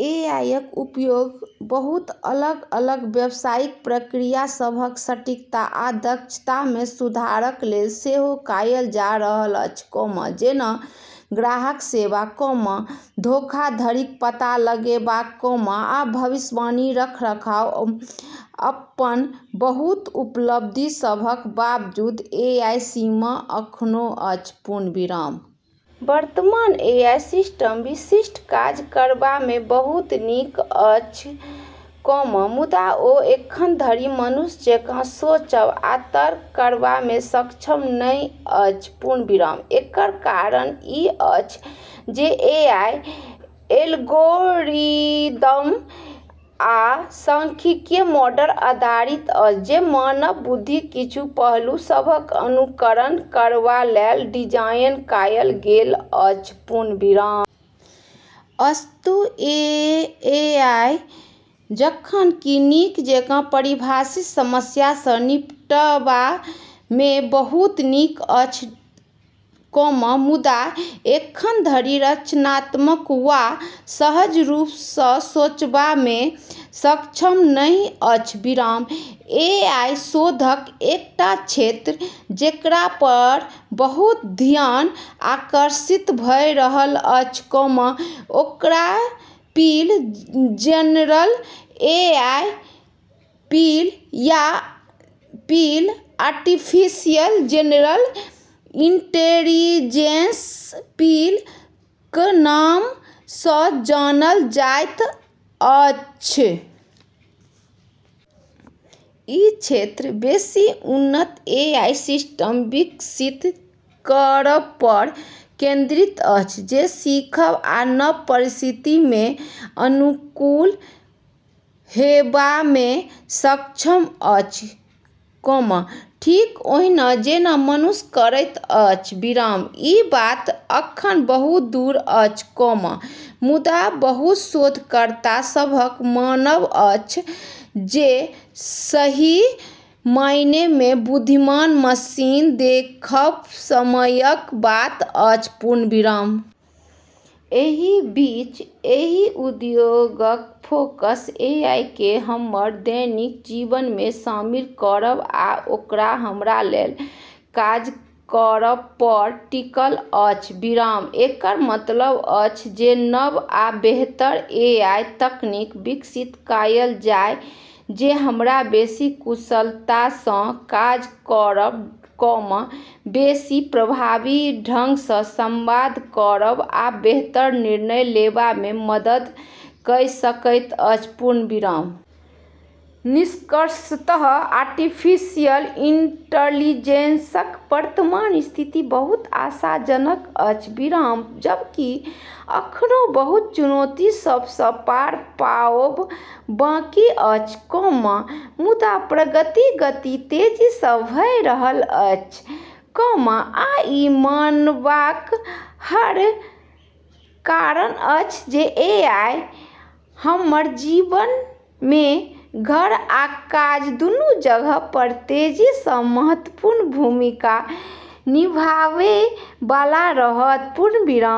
एआईक उपयोग बहुत अलग-अलग व्यवसायिक प्रक्रिया सभक सटीकता आ दक्षतामे सुधारक लेल सेहो कएल जा रहल अछि, जेना ग्राहक सेवा, धोखाधड़ीक पता लगाबएब, आ भविष्यवाणी रखरखाव। अपन बहुत उपलब्धि सभक बावजूद एआईक सीमा अखनो अछि। वर्तमान एआई सिस्टम विशिष्ट काज करबामे बहुत नीक अछि, मुदा ओ एखनधरि मानुष जकाँ सोचब आ तर्क करबामे सक्षम नहि अछि। एकर कारण ई अछि जे एआई एल्गोरिदम आ सांख्यिकीय मॉडलपर आधारित अछि जे मानव बुद्धिक किछु पहलू सभक अनुकरण करबालेल डिजाइन कएल गेल अछि। अस्तु, एआई जखन कि नीक जकाँ परिभाषित समस्या सँ निपटबामे बहुत नीक अछि, मुदा एखनधरि रचनात्मक वा सहज रूपसँ सोचबामे सक्षम नहि अछि। एआई शोधक एकटा क्षेत्र जेकरापर बहुत ध्यान आकर्षित भऽ रहल अछि, ओकरा "जनरल एआई" या "आर्टिफिशियल जनरल इंटेलिजेंस" क नामसँ जानल जाइत अछि। ई क्षेत्र बेसी उन्नत एआई सिस्टम विकसित करबपर केंद्रित अछि जे सीखब आ नव परिस्थिति मे अनुकूल हेबामे सक्षम अछि, ठीक ओहिना जेना मनुष्य करैत अछि। ई बात अखन बहुत दूर अछि, मुदा बहुत शोधकर्ता सभक मानब अछि जे सही मायनेमे बुद्धिमान मशीन देखब समयक बात अछि। एहि बीच एहि उद्योगक फोकस एआईकेँ हमर दैनिक जीवनमे शामिल करब आ ओकरा हमरालेल काज करबपर टिकल अछि। एकर मतलब अछि जे नव आ बेहतर एआई तकनीक विकसित कएल जाए जे हमरा बेसी कुशलतासँ काज करब, बेसी प्रभावी ढंगसँ संवाद करब आ बेहतर निर्णय लेबामे मदद कइ सकैत अछि। निष्कर्षतः आर्टिफिशियल इंटेलिजेंसक वर्तमान स्थिति बहुत आशाजनक अछि। जबकि अखनो बहुत चुनौती सभसँ पार पाओब बाँकी अछि, मुदा प्रगतिक गति तेजीसँ भऽ रहल अछि, आ ई मानबाक हर कारण अछि जे एआई हमर जीवनमे घर आ काज दुनू जगहपर तेजीसँ महत्वपूर्ण भूमिका निभबै बला रहत।